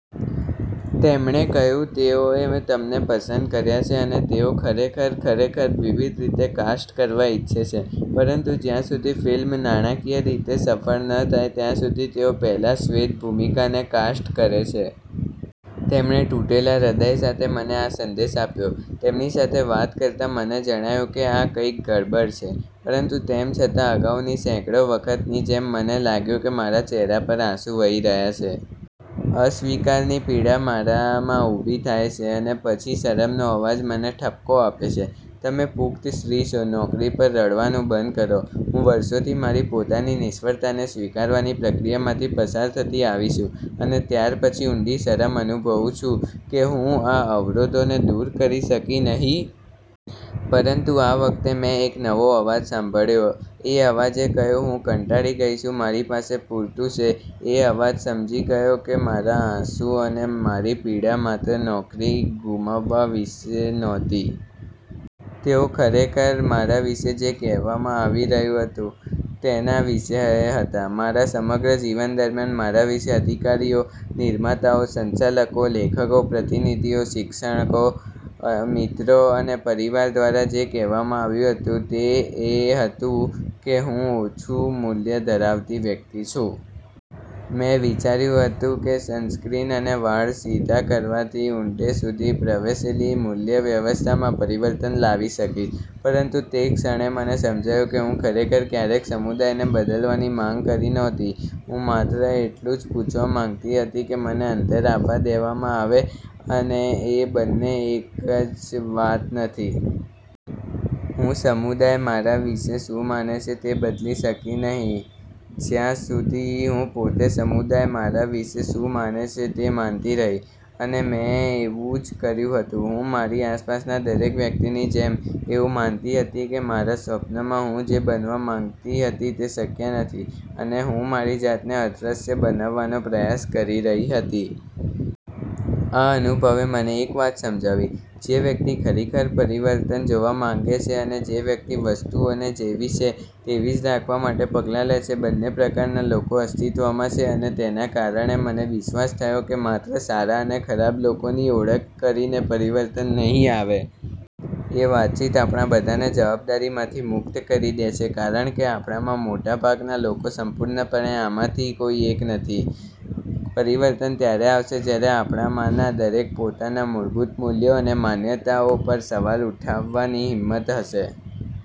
તેમણે કહ્યું, “તેઓએ તમને પસંદ કર્યા સે અને તેઓ ખરેખર, ખરેખર વિવિધ રીતે કાસ્ટ કરવા ઇચ્છે સે, પરંતુ જ્યાં સુધી ફિલ્મ નાણાકીય રીતે સફળ ન થાય ત્યાં સુધી તેઓ પહેલા શ્વેત ભૂમિકાને કાસ્ટ કરે સે.” તેમણે તૂટેલા હૃદય સાથે મને આ સંદેશ આપ્યો. તેમની સાથે વાત કરતાં મને જણાયું કે આ કંઈક ગડબડ સે. પરંતુ તેમ છતાં, અગાઉની સેંકડો વખતની જેમ, મને લાગ્યું કે મારા ચહેરા પર આંસુ વહી રહ્યાં સે. અસ્વીકારની પીડા મારામાં ઊભી થાય સે અને પછી શરમનો અવાજ મને ઠપકો આપે સે, “તમે પુખ્ત સ્ત્રી સો, નોકરી પર રડવાનું બંધ કરો.” હું વર્ષોથી મારી પોતાની નિષ્ફળતાને સ્વીકારવાની પ્રક્રિયામાંથી પસાર થતી આવી સુ અને ત્યાર પછી ઊંડી શરમ અનુભવું છું કે હું આ અવરોધોને દૂર કરી શકી નહીં. પરંતુ આ વખતે મેં એક નવો અવાજ સાંભળ્યો. એ અવાજે કહ્યું, “હું કંટાળી ગઈ સુ, મારી પાસે પૂરતું સે.” એ અવાજ સમજી ગયો કે મારા આંસુ અને મારી પીડા માત્ર નોકરી ગુમાવવા વિશે નહોતી. તેઓ ખરેખર મારા વિશે જે કહેવામાં આવી રહ્યું હતું તેના વિશે એ હતાં. મારા સમગ્ર જીવન દરમિયાન મારા વિશે અધિકારીઓ, નિર્માતાઓ, સંચાલકો, લેખકો, પ્રતિનિધિઓ, શિક્ષષકો, મિત્રો અને પરિવાર દ્વારા જે કહેવામાં આવ્યું હતું, તે એ હતું કે હું ઓછું મૂલ્ય ધરાવતી વ્યક્તિ છું. મેં વિચાર્યું હતું કે સનસ્ક્રીન અને વાળ સીધા કરવાથી ઊંડે સુધી પ્રવેશેલી મૂલ્યવ્યવસ્થામાં પરિવર્તન લાવી શકી. પરંતુ તે ક્ષણે મને સમજાયું કે હું ખરેખર ક્યારેક સમુદાયને બદલવાની માંગ કરી નહોતી. હું માત્ર એટલું જ પૂછવા માંગતી હતી કે મને અંદર આવવા દેવામાં આવે, અને એ બંને એક જ વાત નથી. હું સમુદાય મારા વિશે શું માને સે તે બદલી શકી નહીં, જ્યાં સુધી હું પોતે સમુદાય મારા વિશે શું માને સે તે માનતી રહી. અને મેં એવું જ કર્યું હતું. હું, મારી આસપાસના દરેક વ્યક્તિની જેમ, એવું માનતી હતી કે મારા સ્વપ્નમાં હું જે બનવા માંગતી હતી તે શક્ય નથી, અને હું મારી જાતને અદૃશ્ય બનાવવાનો પ્રયાસ કરી રહી હતી. આ અનુભવે મને એક વાત સમજાવી: જે વ્યક્તિ ખરેખર પરિવર્તન જોવા માંગે સે અને જે વ્યક્તિ વસ્તુઓને જેવી સે તેવી જ રાખવા માટે પગલાં લે સે, બંને પ્રકારના લોકો અસ્તિત્વમાં સે. અને તેના કારણે મને વિશ્વાસ થયો કે માત્ર સારા અને ખરાબ લોકોની ઓળખ કરીને પરિવર્તન નહીં આવે. એ વાતચીત આપણા બધાને જવાબદારીમાંથી મુક્ત કરી દે સે, કારણ કે આપણામાંના મોટાભાગના લોકો સંપૂર્ણપણે આમાંથી કોઈ એક નથી. પરિવર્તન ત્યારે આવશે જ્યારે આપણામાંના દરેક પોતાના મૂળભૂત મૂલ્યો અને માન્યતાઓ પર સવાલ ઉઠાવવાની હિંમત હશે.